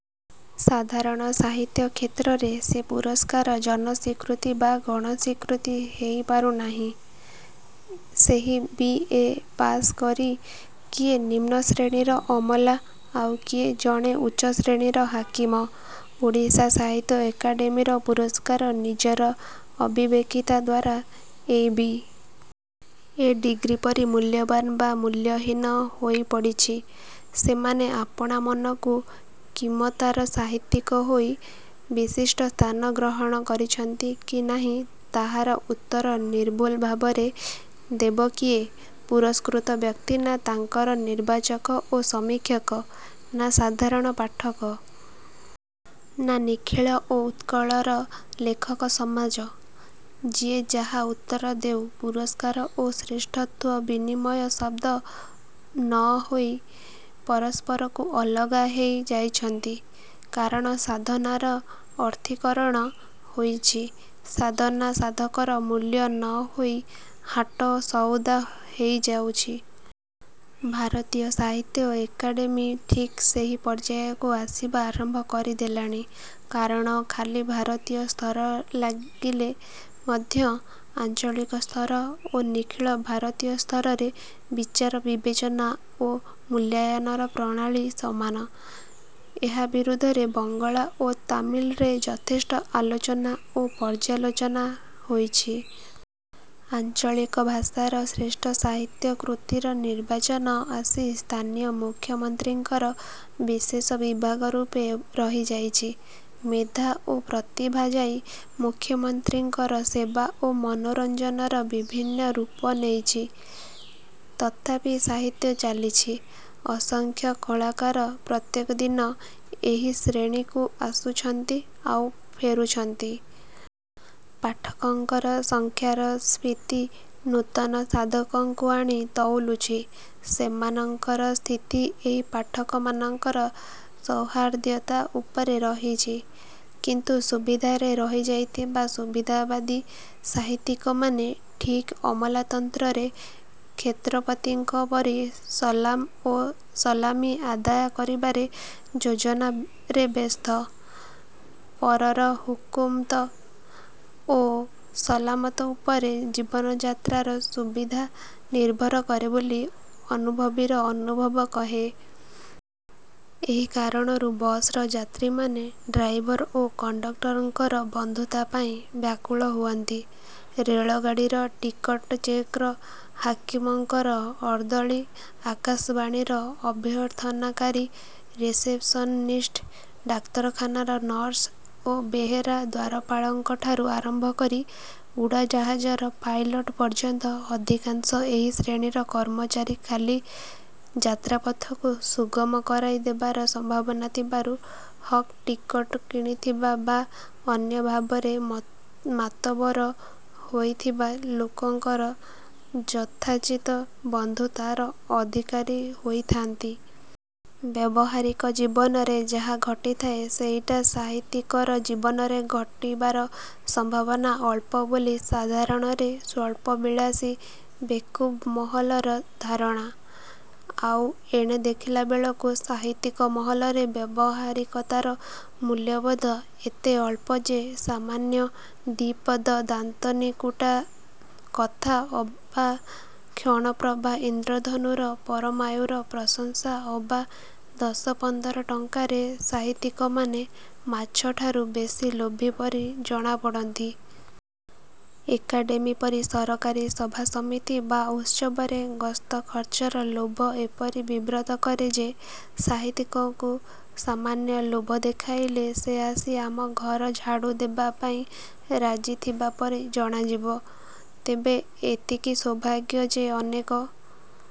ସାଧାରଣ ସାହିତ୍ୟ କ୍ଷେତ୍ରରେ ସେ ପୁରସ୍କାର ଜନସ୍ୱୀକୃତି ବା ଗଣ-ସ୍ୱୀକୃତି ହେଇ ପାରୁ ନାହିଁ। ସେହି ବି. ଏ. ପାସ୍ କରି କିଏ ନିମ୍ନ ଶ୍ରେଣୀର ଅମଲା। ଆଉ କିଏ ଜଣେ ଉଚ୍ଚ ଶ୍ରେଣୀର ହାକିମ। ଓଡ଼ିଶା ସାହିତ୍ୟ ଏକାଡେମିର ପୁରସ୍କାର ନିଜର ଅବିବେକିତା ଦ୍ୱାରା ଏଇ ବି. ଏ. ଡିଗ୍ରିପରି ମୂଲ୍ୟବାନ୍ ବା ମୂଲ୍ୟହୀନ ହୋଇପଡ଼ିଛି। ସେମାନେ ଆପଣା ମନକୁ କିମତ୍ଦାର ସାହିତ୍ୟିକ ହୋଇ ବିଶିଷ୍ଟ ସ୍ଥାନ ଗ୍ରହଣ କରିଛନ୍ତି କି ନାହିଁ ତାହାର ଉତ୍ତର ନିର୍ଭୁଲ ଭାବରେ ଦେବ କିଏ? ପୁରସ୍କୃତ ବ୍ୟକ୍ତି ନା ତାଙ୍କର ନିର୍ବାଚକ ଓ ସମୀକ୍ଷକ? ନା ସାଧାରଣ ପାଠକ? ନା ନିଖିଳ ଓ ଉତ୍କଳର ଲେଖକ ସମାଜ।? ଯିଏ ଯାହା ଉତ୍ତର ଦେଉ ପୁରସ୍କାର ଓ ଶ୍ରେଷ୍ଠତ୍ୱ ବିନିମୟ ଶଦ୍ଦ ନ ହୋଇ ପରସ୍ପରରୁ ଅଲଗା ହେଇ ଯାଇଛନ୍ତି। କାରଣ ସାଧନାର ଅର୍ଥୀକରଣ ହୋଇଛି। ସାଧନା ସାଧକର ମୂଲ୍ୟ ନ ହୋଇ ହାଟ ସଉଦା ହେଇଯାଇଛି। ଭାରତୀୟ ସାହିତ୍ୟ ଏକାଡେମି ଠିକ୍ ଏହି ପର୍ଯ୍ୟାୟକୁ ଆସିବା ଆରମ୍ଭ କରି ଦେଲାଣି। କାରଣ ଖାଲି ଭାରତୀୟ ସ୍ତର ଲାଗିଲେ ମଧ୍ୟ ଆଞ୍ଚଳିକ ସ୍ତର ଓ ନିଖିଳ ଭାରତୀୟ ସ୍ତରରେ ବିଚାର ବିବେଚନା ଓ ମୂଲ୍ୟାୟନର ପ୍ରଣାଳୀ ସମାନ। ଏହା ବିରୁଦ୍ଧରେ ବଙ୍ଗଳା ଓ ତାମିଲରେ ଯଥେଷ୍ଟ ଆଲୋଚନା ଓ ପର୍ଯ୍ୟାଲୋଚନା ହୋଇଛି। ଆଞ୍ଚଳିକ ଭାଷାର ଶ୍ରେଷ୍ଠ ସାହିତ୍ୟ କୃତିର ନିର୍ବାଚନ ଆସି ସ୍ଥାନୀୟ ମୁଖ୍ୟମନ୍ତ୍ରୀଙ୍କର ବିଶେଷ ବିଭାଗ ରୂପେ ରହିଯାଇଛି। ମେଧା ଓ ପ୍ରତିଭା ଯାଇ ମୁଖ୍ୟମନ୍ତ୍ରୀଙ୍କର ସେବା ଓ ମନୋରଞ୍ଜନର ବିଭିନ୍ନ ରୂପ ନେଇଛି। ତଥାପି ସାହିତ୍ୟ ଚାଲିଛି। ଅସଂଖ୍ୟ କଳାକାର ପ୍ରତ୍ୟେକ ଦିନ ଏହି ଶ୍ରୀଣୀକୁ ଆସୁଛନ୍ତି ଆଉ ଫେରୁଛନ୍ତି। ପାଠକଙ୍କର ସଂଖ୍ୟାର ସ୍ଫୀତି ନୂତନ ସାଧକଙ୍କୁ ଆଣି ତଉଲୁଛି। ସେମାନଙ୍କର ସ୍ଥିତି ଏହି ପାଠକମାନଙ୍କର ସୌହାର୍ଦ୍ୟତା ଉପରେ ରହିଛି। କିନ୍ତୁ ସୁବିଧାରେ ରହିଯାଇଥିବା ସୁବିଧାବାଦୀ ସାହିତ୍ୟିକମାନେ ଠିକ୍ ଅମଲାତନ୍ତ୍ରରେ କ୍ଷେତ୍ରପତିଙ୍କ ପରି ସଲାମ୍ ଓ ସଲାମି ଆଦୟ କରିବାର ଯୋଜନାରେ ବ୍ୟସ୍ତ। ପରର ହୁକୁମତ୍ ଓ ସଲାମତ ଉପରେ ଜୀବନଯାତ୍ରାର ସୁବିଧା ନିର୍ଭର କରେ ବୋଲି ଅନୁଭବୀର ଅନୁଭବ କହେ। ଏହି କାରଣରୁ ବସ୍ର ଯାତ୍ରୀମାନେ ଡ୍ରାଇଭର ଓ କଣ୍ତକ୍ଟରଙ୍କର ବନ୍ଧୁତା ପାଇଁ ବ୍ୟାକୁଳ ହୁଅନ୍ତି। ରେଳଗାଡ଼ିର ଟିକଟ ଚେକର, ହାକିମଙ୍କର ଅର୍ଦ୍ଦଳୀ ଆକାଶବାଣୀର ଅଭ୍ୟର୍ଥନାକାରୀ ରିସେପସନିଷ୍ଟ, ଡାକ୍ତରଖାନାର ନର୍ସ ଓ ବେହେରା, ଦ୍ୱାରପାଳଙ୍କଠାରୁ ଆରମ୍ଭ କରି ଉଡ଼ାଜାହାଜର ପାଇଲଟ ପର୍ଯ୍ୟନ୍ତ ଅଧିକାଂଶ ଏହି ଶ୍ରେଣୀର କର୍ମଚାରୀ ଖାଲି ଯାତ୍ରାପଥକୁ ସୁଗମ କରାଇ ଦେବାର ସମ୍ଭାବନା ଥିବାରୁ ହକ୍ ଟିକଟ କିଣିଥିବା ବା ଅନ୍ୟ ଭାବରେ ମାତବର ହୋଇଥିବା ଲୋକଙ୍କର ଅଯାଚିତ ବନ୍ଧୁତାର ଅଧିକାରୀ ହୋଇଥାନ୍ତି। ବ୍ୟବହାରିକ ଜୀବନରେ ଯାହା ଘଟିଥାଏ ସେଇଟା ସାହିତ୍ୟିକର ଜୀବନରେ ଘଟିବାର ସମ୍ଭାବନା ଅଳ୍ପ ବୋଲି ସାଧାରଣରେ ସ୍ୱପ୍ନବିଳାସୀ ବେକୁବ୍ ମହଲର ଧାରଣା। ଆଉ ଏଣେ ଦେଖିଲା ବେଳକୁ ସାହିତ୍ୟିକ ମହଲରେ ବ୍ୟବହାରିକତାର ମୂଲ୍ୟବୋଧ ଏତେ ଅଳ୍ପ ଯେ ସାମାନ୍ୟ ଦି'ପଦ ଦାନ୍ତନିକୁଟା କଥା ଅବା କ୍ଷଣପ୍ରଭା ଇନ୍ଦ୍ରଧନୁର ପରମାୟୁର ପ୍ରଶଂସା ଅବା ଦଶ ପନ୍ଦର ଟଙ୍କାରେ ସାହିତ୍ୟିକମାନେ ମାଛଠାରୁ ବେଶି ଲୋଭୀ ପରି ଜଣାପଡ଼ନ୍ତି। ଏକାଡେମି ପରି ସରକାରୀ ସଭାସମିତି ବା ଉତ୍ସବରେ ଗସ୍ତ ଖର୍ଚ୍ଚର ଲୋଭ ଏପରି ବିବ୍ରତ କରେ ଯେ ସାହିତ୍ୟିକକୁ ସାମାନ୍ୟ ଲୋଭ ଦେଖାଇଲେ ସେ ଆସି ଆମ ଘର ଝାଡ଼ୁ ଦେବା ପାଇଁ ରାଜିଥିବା ପରି ଜଣାଯିବ। ତେବେ ଏତିକି ସୌଭାଗ୍ୟ ଯେ ଅନେକ